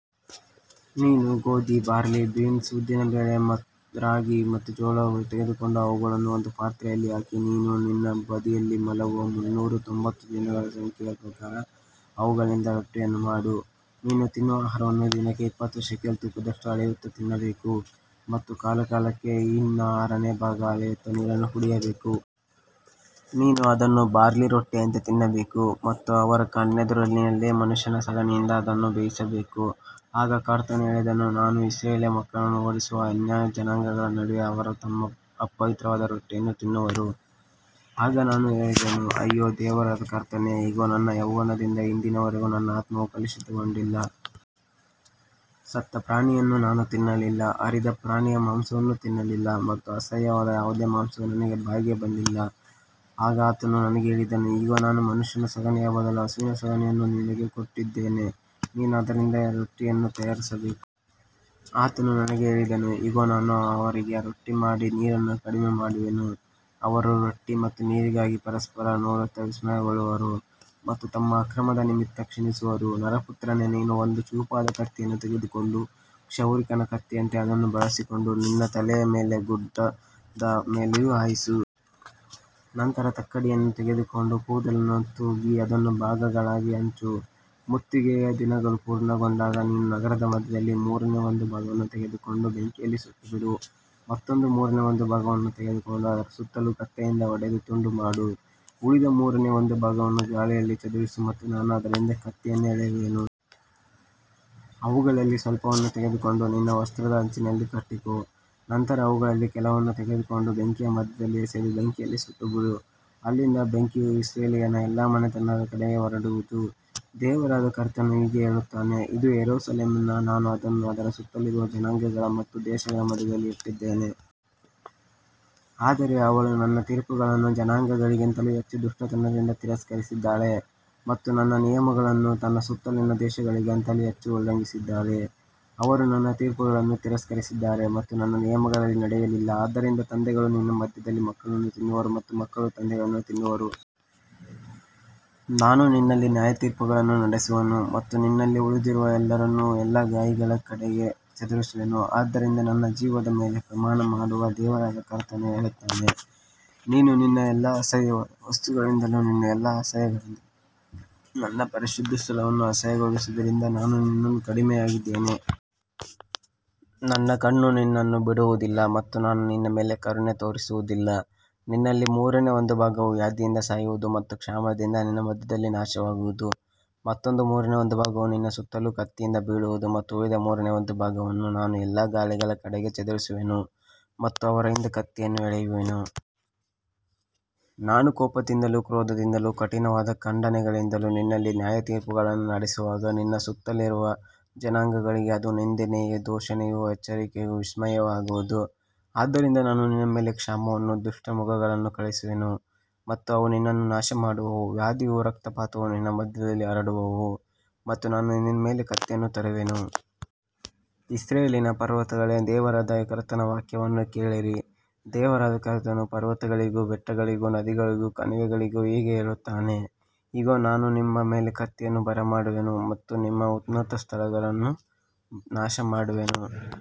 ನೀನು ಗೋಧಿ, barley, beans, ಉದ್ದಿನಬೇಳೆ, ರಾಗಿ ಮತ್ತು ಜೋಳವನ್ನು ತೆಗೆದುಕೊಂಡು ಅವುಗಳನ್ನು ಒಂದು ಪಾತ್ರೆಯಲ್ಲಿ ಹಾಕಿ, ನೀನು ನಿನ್ನ ಬದಿಯಲ್ಲಿ ಮಲಗುವ ಮುನ್ನೂರ ತೊಂಬತ್ತು ದಿನಗಳ ಸಂಖ್ಯೆಯ ಪ್ರಕಾರ ಅವುಗಳಿಂದ ರೊಟ್ಟಿಯನ್ನು ಮಾಡು. ನೀನು ತಿನ್ನುವ ಆಹಾರವನ್ನು ದಿನಕ್ಕೆ ಇಪ್ಪತ್ತು ಶೇಕೆಲ್ ತೂಕದಷ್ಟು ಅಳೆಯುತ್ತಾ ತಿನ್ನಬೇಕು ಮತ್ತು ಕಾಲಕಾಲಕ್ಕೆ ಹಿನ್ನ ಆರನೇ ಭಾಗವನ್ನು ಅಳೆಯುತ್ತಾ ನೀರನ್ನು ಕುಡಿಯಬೇಕು. ನೀನು ಅದನ್ನು ಬಾರ್ಲಿ ರೊಟ್ಟಿಯಂತೆ ತಿನ್ನಬೇಕು ಮತ್ತು ಅವರ ಕಣ್ಣೆದುರಿನಲ್ಲಿ ಮನುಷ್ಯನ ಸಗಣಿಯಿಂದ ಅದನ್ನು ಬೇಯಿಸಬೇಕು. ಆಗ ಕರ್ತನು ಹೇಳಿದನು, ನಾನು ಇಸ್ರಾಯೇಲ್ ಮಕ್ಕಳನ್ನು ಓಡಿಸುವ ಅನ್ಯಜನಾಂಗಗಳ ನಡುವೆ ಅವರು ತಮ್ಮ ಅಪವಿತ್ರವಾದ ರೊಟ್ಟಿಯನ್ನು ತಿನ್ನುವರು. ಆಗ ನಾನು ಹೇಳಿದೆನು, ಅಯ್ಯೋ ದೇವರಾದ ಕರ್ತನೇ, ಇಗೋ, ನನ್ನ ಯೌವನದಿಂದ ಇಂದಿನವರೆಗೂ ನನ್ನ ಆತ್ಮವು ಕಲುಷಿತಗೊಂಡಿಲ್ಲ. ಸತ್ತ ಪ್ರಾಣಿಯನ್ನು ನಾನು ತಿನ್ನಲಿಲ್ಲ, ಹರಿದ ಪ್ರಾಣಿಯ ಮಾಂಸವನ್ನೂ ತಿನ್ನಲಿಲ್ಲ ಮತ್ತು ಅಸಹ್ಯವಾದ ಯಾವುದೇ ಮಾಂಸವು ನನ್ನ ಬಾಯಿಗೆ ಬಂದಿಲ್ಲ. ಆಗ ಆತನು ನನಗೆ ಹೇಳಿದನು, ಇಗೋ, ನಾನು ಮನುಷ್ಯನ ಸಗಣಿಯ ಬದಲು ಹಸುವಿನ ಸಗಣಿಯನ್ನು ನಿನಗೆ ಕೊಟ್ಟಿದ್ದೇನೆ, ನೀನು ಅದರಿಂದ ನಿನ್ನ ರೊಟ್ಟಿಯನ್ನು ತಯಾರಿಸಬೇಕು. ಆತನು ನನಗೆ ಹೇಳಿದನು, ಇಗೋ, ನಾನು ಅವರಿಗೆ ರೊಟ್ಟಿ ಮತ್ತು ನೀರನ್ನು ಕಡಿಮೆ ಮಾಡುವೆನು, ಅವರು ರೊಟ್ಟಿ ಮತ್ತು ನೀರಿಗಾಗಿ ಪರಸ್ಪರ ನೋಡುತ್ತಾ ವಿಸ್ಮಯಗೊಳ್ಳುವರು ಮತ್ತು ತಮ್ಮ ಅಕ್ರಮದ ನಿಮಿತ್ತ ಕ್ಷೀಣಿಸುವರು. ನರಪುತ್ರನೇ, ನೀನು ಒಂದು ಚೂಪಾದ ಕತ್ತಿಯನ್ನು ತೆಗೆದುಕೊಂಡು ಕ್ಷೌರಿಕನ ಕತ್ತಿಯಂತೆ ಅದನ್ನು ಬಳಸಿಕೊಂಡು ನಿನ್ನ ತಲೆಯ ಮೇಲೆಯೂ ಗಡ್ಡದ ಮೇಲೆಯೂ ಹಾಯಿಸು. ನಂತರ ತಕ್ಕಡಿಯನ್ನು ತೆಗೆದುಕೊಂಡು ಕೂದಲನ್ನು ತೂಗಿ ಅದನ್ನು ಭಾಗಗಳಾಗಿ ಹಂಚು. ಮುತ್ತಿಗೆಯ ದಿನಗಳು ಪೂರ್ಣಗೊಂಡಾಗ ನೀನು ನಗರದ ಮಧ್ಯದಲ್ಲಿ ಮೂರನೇ ಒಂದು ಭಾಗವನ್ನು ತೆಗೆದುಕೊಂಡು ಬೆಂಕಿಯಲ್ಲಿ ಸುಟ್ಟುಬಿಡು. ಮತ್ತೊಂದು ಮೂರನೇ ಒಂದು ಭಾಗವನ್ನು ತೆಗೆದುಕೊಂಡು ಅದರ ಸುತ್ತಲೂ ಕತ್ತಿಯಿಂದ ಹೊಡೆದು ತುಂಡುಮಾಡು. ಉಳಿದ ಮೂರನೇ ಒಂದು ಭಾಗವನ್ನು ಗಾಳಿಯಲ್ಲಿ ಚದುರಿಸು ಮತ್ತು ನಾನು ಅದರ ಹಿಂದೆ ಕತ್ತಿಯನ್ನು ಎಳೆಯುವೆನು. ಅವುಗಳಲ್ಲಿ ಸ್ವಲ್ಪವನ್ನು ತೆಗೆದುಕೊಂಡು ನಿನ್ನ ವಸ್ತ್ರದ ಅಂಚಿನಲ್ಲಿ ಕಟ್ಟಿಕೋ. ನಂತರ ಅವುಗಳಲ್ಲಿ ಕೆಲವನ್ನು ತೆಗೆದುಕೊಂಡು ಬೆಂಕಿಯ ಮಧ್ಯದಲ್ಲಿ ಎಸೆದು ಬೆಂಕಿಯಲ್ಲಿ ಸುಟ್ಟುಬಿಡು. ಅಲ್ಲಿಂದ ಬೆಂಕಿಯು ಇಸ್ರಾಯೇಲಿನ ಎಲ್ಲಾ ಮನೆತನದ ಕಡೆಗೆ ಹೊರಡುವುದು. ದೇವರಾದ ಕರ್ತನು ಹೀಗೆ ಹೇಳುತ್ತಾನೆ, ಇದು ಯೆರೂಸಲೇಮ್. ನಾನು ಅದನ್ನು ಅದರ ಸುತ್ತಲಿರುವ ಜನಾಂಗಗಳ ಮತ್ತು ದೇಶಗಳ ಮಧ್ಯದಲ್ಲಿ ಇಟ್ಟಿದ್ದೇನೆ. ಆದರೆ ಅವಳು ನನ್ನ ತೀರ್ಪುಗಳನ್ನು ಜನಾಂಗಗಳಿಗಿಂತಲೂ ಹೆಚ್ಚು ದುಷ್ಟತನದಿಂದ ತಿರಸ್ಕರಿಸಿದ್ದಾಳೆ ಮತ್ತು ನನ್ನ ನಿಯಮಗಳನ್ನು ತನ್ನ ಸುತ್ತಲಿರುವ ದೇಶಗಳಿಗಿಂತಲೂ ಹೆಚ್ಚು ಉಲ್ಲಂಘಿಸಿದ್ದಾಳೆ. ಅವರು ನನ್ನ ತೀರ್ಪುಗಳನ್ನು ತಿರಸ್ಕರಿಸಿದ್ದಾರೆ ಮತ್ತು ನನ್ನ ನಿಯಮಗಳಲ್ಲಿ ನಡೆಯಲಿಲ್ಲ. ಆದ್ದರಿಂದ ತಂದೆಗಳು ನಿನ್ನ ಮಧ್ಯದಲ್ಲಿ ಮಕ್ಕಳನ್ನು ತಿನ್ನುವರು ಮತ್ತು ಮಕ್ಕಳು ತಮ್ಮ ತಂದೆಗಳನ್ನು ತಿನ್ನುವರು. ನಾನು ನಿನ್ನಲ್ಲಿ ನ್ಯಾಯತೀರ್ಪುಗಳನ್ನು ನಡೆಸುವೆನು ಮತ್ತು ನಿನ್ನಲ್ಲಿ ಉಳಿದಿರುವ ಎಲ್ಲರನ್ನೂ ಎಲ್ಲಾ ಗಾಳಿಗಳ ಕಡೆಗೆ ಚದುರಿಸುವೆನು. ಆದ್ದರಿಂದ ನನ್ನ ಜೀವದ ಮೇಲೆ ಪ್ರಮಾಣಮಾಡುವ ದೇವರಾದ ಕರ್ತನು ಹೇಳುತ್ತಾನೆ, ನೀನು ನಿನ್ನ ಎಲ್ಲಾ ಅಸಹ್ಯವಾದ ವಸ್ತುಗಳಿಂದಲೂ ನಿನ್ನ ಎಲ್ಲಾ ಅಸಹ್ಯಗಳಿಂದಲೂ ನನ್ನ ಪರಿಶುದ್ಧ ಸ್ಥಳವನ್ನು ಅಶುದ್ಧಗೊಳಿಸಿದ್ದರಿಂದ, ನಾನೂ ನಿನ್ನನ್ನು ಕಡಿಮೆಮಾಡುವೆನು. ನನ್ನ ಕಣ್ಣು ನಿನ್ನನ್ನು ಬಿಡುವುದಿಲ್ಲ ಮತ್ತು ನಾನು ನಿನ್ನ ಮೇಲೆ ಕರುಣೆ ತೋರಿಸುವುದಿಲ್ಲ. ನಿನ್ನಲ್ಲಿ ಮೂರನೇ ಒಂದು ಭಾಗವು ವ್ಯಾಧಿಯಿಂದ ಸಾಯುವುದು ಮತ್ತು ಕ್ಷಾಮದಿಂದ ನಿನ್ನ ಮಧ್ಯದಲ್ಲಿ ನಾಶವಾಗುವುದು. ಮತ್ತೊಂದು ಮೂರನೇ ಒಂದು ಭಾಗವು ನಿನ್ನ ಸುತ್ತಲೂ ಕತ್ತಿಯಿಂದ ಬೀಳುವುದು ಮತ್ತು ಉಳಿದ ಮೂರನೇ ಒಂದು ಭಾಗವನ್ನು ನಾನು ಎಲ್ಲಾ ಗಾಳಿಗಳ ಕಡೆಗೆ ಚದುರಿಸುವೆನು ಮತ್ತು ಅವರ ಹಿಂದೆ ಕತ್ತಿಯನ್ನು ಎಳೆಯುವೆನು. ನಾನು ಕೋಪದಿಂದಲೂ ಕ್ರೋಧದಿಂದಲೂ ಕಠಿಣವಾದ ಖಂಡನೆಗಳಿಂದಲೂ ನಿನ್ನಲ್ಲಿ ನ್ಯಾಯತೀರ್ಪುಗಳನ್ನು ನಡೆಸುವಾಗ, ನಿನ್ನ ಸುತ್ತಲಿರುವ ಜನಾಂಗಗಳಿಗೆ ಅದು ನಿಂದೆಯೂ ದೂಷಣೆಯೂ ಎಚ್ಚರಿಕೆಯೂ ವಿಸ್ಮಯವೂ ಆಗುವುದು. ಆದ್ದರಿಂದ ನಾನು ನಿನ್ನ ಮೇಲೆ ಕ್ಷಾಮವನ್ನೂ ದುಷ್ಟ ಮೃಗಗಳನ್ನೂ ಕಳುಹಿಸುವೆನು ಮತ್ತು ಅವು ನಿನ್ನನ್ನು ನಾಶಮಾಡುವವು. ವ್ಯಾಧಿಯೂ ರಕ್ತಪಾತವೂ ನಿನ್ನ ಮಧ್ಯದಲ್ಲಿ ಹರಡುವವು ಮತ್ತು ನಾನು ನಿನ್ನ ಮೇಲೆ ಕತ್ತಿಯನ್ನು ತರುವೆನು. ಇಸ್ರಾಯೇಲಿನ ಪರ್ವತಗಳೇ, ದೇವರಾದ ಕರ್ತನ ವಾಕ್ಯವನ್ನು ಕೇಳಿರಿ. ದೇವರಾದ ಕರ್ತನು ಪರ್ವತಗಳಿಗೂ ಬೆಟ್ಟಗಳಿಗೂ ನದಿಗಳಿಗೂ ಕಣಿವೆಗಳಿಗೂ ಹೀಗೆ ಹೇಳುತ್ತಾನೆ, ಇಗೋ, ನಾನು ನಿಮ್ಮ ಮೇಲೆ ಕತ್ತಿಯನ್ನು ಬರಮಾಡುವೆನು ಮತ್ತು ನಿಮ್ಮ ಉನ್ನತ ಸ್ಥಳಗಳನ್ನು ನಾಶಮಾಡುವೆನು.